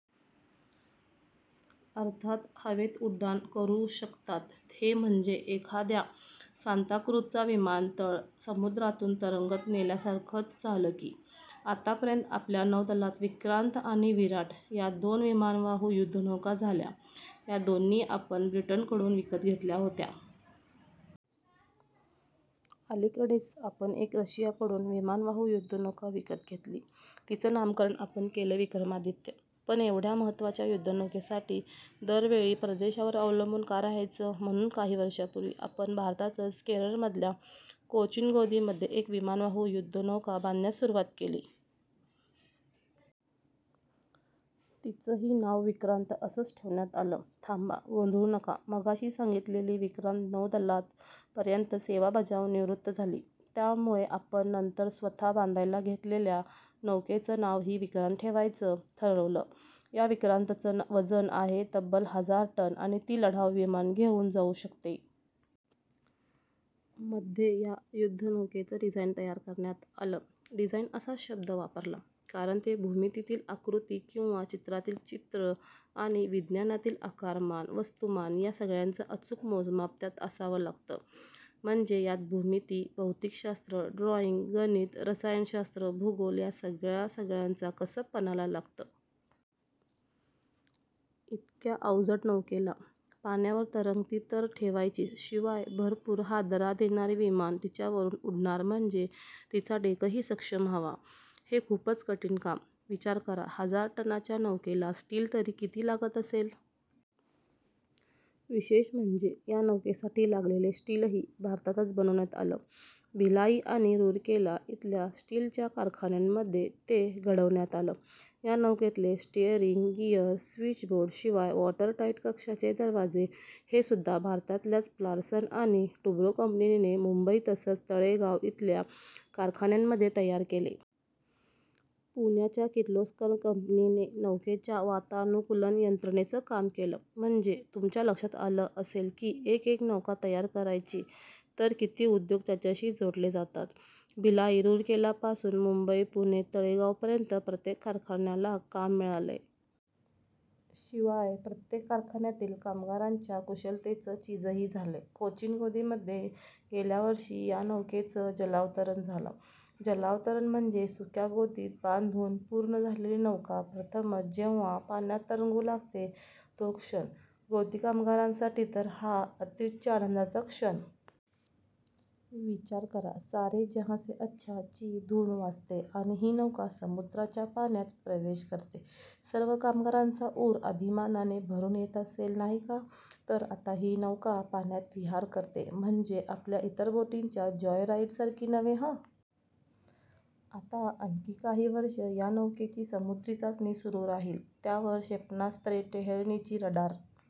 अर्थात हवेत उड्डाण करू शकतात. हे म्हणजे एखादा सांताक्रूझचा विमानतळ समुद्रातून तरंगत नेल्यासारखंच झालं की. आतापर्यंत आपल्या नौदलात विक्रांत आणि विराट या दोन विमानवाहू युध्दनौका झाल्या. या दोन्ही आपण ब्रिटनकडून विकत घेतल्या होत्या. अलीकडेच आपण एक रशियाकडून विमानवाहू युध्दनौका विकत घेतली, तिचं नामकरण आपण केलंय विक्रमादित्य. पण एवढ्या महत्त्वाच्या युध्दनौकेसाठी दरवेळी परदेशावर अवलंबून का रहायचं. म्हणून काही वर्षांपूर्वी आपण भारतातच केरळमधल्या कोचीन गोदीमध्ये एक विमानवाहू युध्दनौका बांधण्यास सुरुवात केली. तिचंही नाव विक्रांत असंच ठेवण्यात आलं. थांबा, गोंधळू नका. मघाशी सांगितलेली विक्रांत नौदलात पर्यंत सेवा बजावून निवृत्त झाली. त्यामुळे आपण नंतर स्वतः बांधायला घेतलेल्या नौकेचं नावही विक्रांत ठेवायचं ठरवलं. या विक्रांतचं वजन आहे तब्बल हजार टन आणि ती लढाऊ विमानं घेऊन जाऊ शकते. मध्ये या युध्दनौकेचं डिझाईन तयार करण्यात आलं. डिझाइन असाच शब्द वापरला, कारण ते भूमितीतील आकृती किंवा चित्रातील चित्र आणि विज्ञानातील आकारमान, वस्तुमान या सगळ्याचं अचूक मोजमाप त्यात असावं लागतं. म्हणजे यात भूमिती, भौतिकशास्त्र, ड्रॉइंग, गणित, रसायनशात्र, भूगोल या सगळ्या सगळ्याचं कसब पणाला लागतं. इतक्या अवजड नौकेला पाण्यावर तरंगती तर ठेवायचीच, शिवाय भरपूर हादरा देणारी विमानं तिच्यावरून उडणार म्हणजे तिचा डेकही सक्षम हवा... हे खूपच कठीण काम. विचार करा हजार टनांच्या नौकेला स्टील तरी किती लागत असेल. विशेष म्हणजे या नौकेसाठी लागलेलं स्टीलही भारतातच बनवण्यात आलं. भिलाई आणि रुरकेला इथल्या स्टीलच्या कारखान्यांमध्ये ते घडवण्यात आलं. या नौकेतले स्टीअरिंग गिअर, स्वीचबोर्ड शिवाय वॉटरटाइट कक्षांचे दरवाजे हेसुध्दा भारतातल्याच लार्सन आणि टुब्रो कंपनीने मुंबई तसंच तळेगाव इथल्या कारखान्यांमध्ये तयार केले. पुण्याच्या किर्लोस्कर कंपनीने नौकेच्या वातानुकूलन यंत्रणेचं काम केलं. म्हणजे तुमच्या लक्षात आलं असेल की एकेक नौका तयार करायची, तर किती उद्योग त्याच्याशी जोडले जातात. भिलाई, रुरकेलापासून मुंबई, पुणे, तळेगावपर्यंत प्रत्येक कारखान्याला काम मिळालंय. शिवाय प्रत्येक कारखान्यातील कामगारांच्या कुशलतेचं चीजही झालंय. कोचीन गोदीमध्ये गेल्याच वर्षी या नौकेचं जलावतरण झालं. जलावतरण म्हणजे सुक्या गोदीत बांधून पूर्ण झालेली नौका प्रथमच जेव्हा पाण्यात तरंगू लागते, तो क्षण. गोदी कामगारांसाठी तर हा अत्युच्च आनंदाचा क्षण. विचार करा, सारे जहाँ से अच्छा ची धून वाजतेय आणि ही नौका समुद्राच्या पाण्यात प्रवेश करतेय. सर्व कामगारांचा ऊर अभिमानाने भरून येत असेल नाही का. तर आता ही नौका पाण्यात विहार करतेय, म्हणजे आपल्या इतर बोटींच्या जॉयराइडसारखी नव्हे हं. आता आणखी काही वर्षं या नौकेची समुद्री चाचणी सुरू राहील, त्यावर क्षेपणास्त्रे, टेहळणीची रडार